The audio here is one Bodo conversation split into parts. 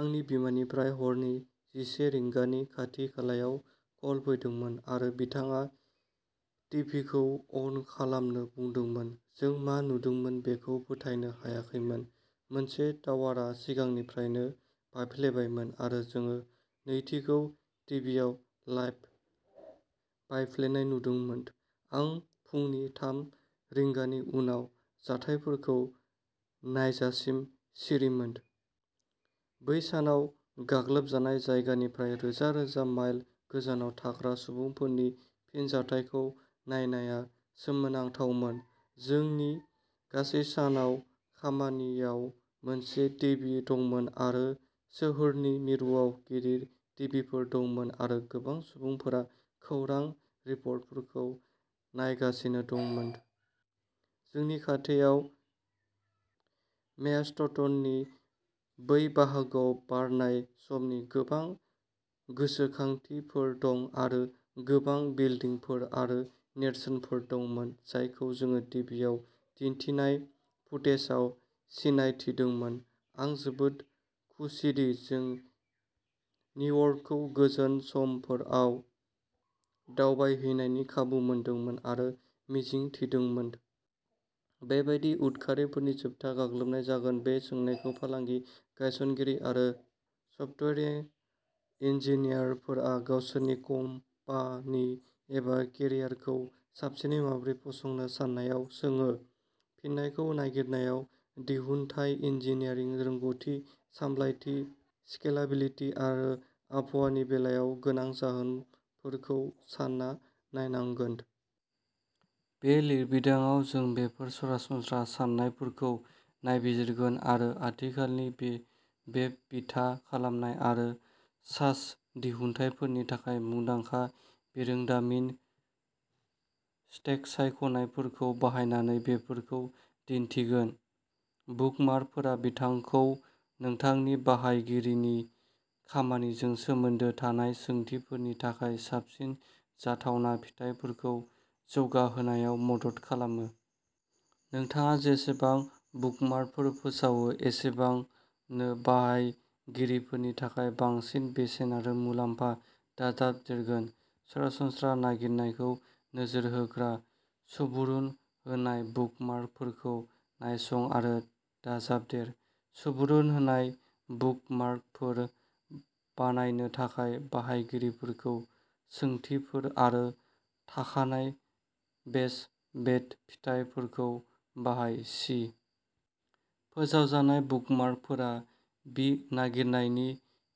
आंनि बिमानिफ्राय हरनि जिसे रिंगानि खाथि-खालायाव कल फैदोंमोन आरो बिथाङा टिभिखौ अन खालामनो बुंदोंमोन। जों मा नुदोंमोन बेखौ फोथायनो हायाखैमोन। मोनसे टावारा सिगांनिफ्रायनो बायफ्लेबायमोन आरो जों नैथिखौ टिभिआव लाइभ बायफ्लेनाय नुदोंमोन। आं फुंनि थाम रिंगानि उनाव जाथायफोरखौ नायजासिम सिरिमोन। बै सानाव गाग्लोब जानाय जायगानिफ्राय रोजा-रोजा माइल गोजानाव थाग्रा सुबुंफोरनि फिनजाथायखौ नायनाया सोमोनांथावमोन। जोंनि गासै सानाव खामानियाव मोनसे टिभि दंमोन आरो सोहोरनि मिरुआव गिदिर टिभिफोर दंमोन आरो गोबां सुबुंफोरा खौरां रिपर्टफोरखौ नायगासिनो दंमोन। जोंनि खाथियाव मेनहट्टननि बै बाहागोआव बारनाय समनि गोबां गोसोखांथिफोर दं आरो गोबां बिल्डिंफोर आरो नेरसोनफोर दंमोन जायखौ जों टिभिआव दिन्थिनाय फुटेजआव सिनायथिदोंमोन। आं जोबोद खुसिदि जों निउयर्कखौ गोजोन समफोराव दावबायहैनायनि खाबु मोनदोंमोन आरो मिजिं थिदोंमोन। बे बायदि उदखारिफोरनि जोबथा गाग्लोबनाय जागोन। बे सोंनायखौ फालांगि गायसनगिरि आरो सफ्टवेयार इन्जिनियारफोरा गावसोरनि कम्पानि एबा केरियारखौ साबसिनै माबोरै फसंनो साननायाव सोङो। फिननायखौ नागिरनायाव, दिहुनथाय, इन्जिनियारिं रोंग'थि, सामलायथि, स्केलाबिलिटि आरो आबहावानि बेलायाव गोनां जाहोनफोरखौ सानना नायनांगोन। बे लिरबिदांआव, जों बेफोर सरासनस्रा सान्नायफोरखौ नायबिजिरगोन आरो आथिखालनि वेब बिथा खालामनाय आरो सास दिहुनथायफोरनि थाखाय मुंदांखा बिरोंदामिन स्तेक सायख'नायफोरखौ बाहायनानै बेफोरखौ दिन्थिगोन। बुकमार्कफोरा नोंथांखौ नोंथांनि बाहायगिरिनि खामानिजों सोमोन्दो थानाय सोंथिफोरनि थाखाय साबसिन जाथावना फिथायफोरखौ जौगाहोनायाव मदद खालामो। नोंथाङा जेसेबां बुकमार्कफोर फोसावो, एसेबांनो बाहायगिरिफोरनि थाखाय बांसिन बेसेन आरो मुलाम्फा दाजाबदेरगोन। सरासनस्रा नागिरनायखौ नोजोर होग्रा सुबुरुन होनाय बुकमार्कफोरखौ नायसं आरो दाजाबदेर। सुबुरुन होनाय बुकमार्कफोर बानायनो थाखाय बाहायगिरिफोरनि सोंथिफोर आरो थाखानाय बेस्ट बेट फिथायफोरखौ बाहाय। सि फोसावजानाय बुकमार्कफोरा बि नागिरनायनि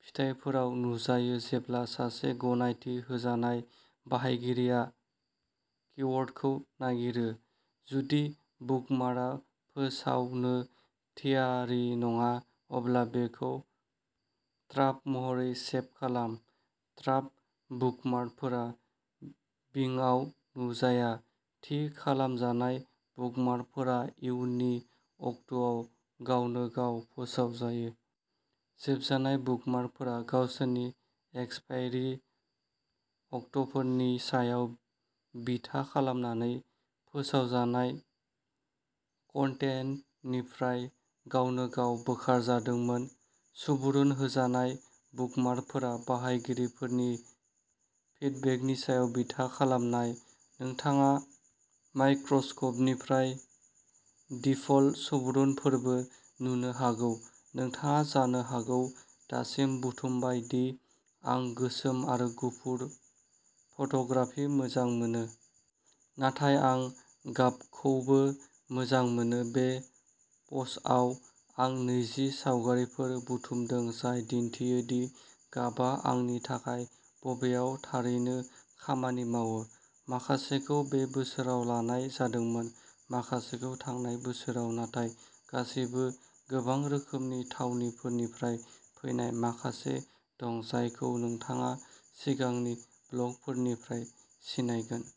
फिथाइफोराव नुजायो जेब्ला सासे गनायथि होजानाय बाहायगिरिया किवर्डखौ नागिरो। जुदि बुकमार्कआ फोसावनो थियारि नङा, अब्ला बेखौ ड्राफ्ट महरै सेब खालाम। ड्राफ्ट बुकमार्कफोरा बिंआव नुजाया। थि खालामजानाय बुकमार्कफोरा इयुननि अक्ट'आव गावनो गाव फोसावजायो। जोबजानाय बुकमार्कफोरा गावसिनि एक्सपायरि अक्ट'फोरनि सायाव बिथा खालामनानै फोसावजानाय कन्टेन्टनिफ्राय गावनो गाव बोखारजादोंमोन। सुबुरुन होजानाय बुकमार्कफोरा बाहायगिरिफोरनि फिडबेकनि सायाव बिथा खालामनाय। नोंथाङा माइक्र'सफ्टनिफ्राय दिफल्ट सुबुरुनफोरबो नुनो हागौ। नोंथाङा जानो हागौ दासिम बुथुमबाय दि आं गोसोम आरो गुफुर फट'ग्राफि मोजां मोनो। नाथाय आं गाबखौबो मोजां मोनो। बे पस्टआव आं नैजि सावगारिफोर बुथुमदों जाय दिन्थियो दि गाबआ आंनि थाखाय बबेयाव थारैनो खामानि मावो। माखासेखौ बे बोसोराव लानाय जादोंमोन, माखासेखौ थांनाय बोसोराव, नाथाय गासैबो गोबां रोखोमनि थावनिफोरनिफ्राय फैनाय। माखासे दं जायखौ नोंथाङा सिगांनि ब्लगफोरनिफ्राय सिनायगोन।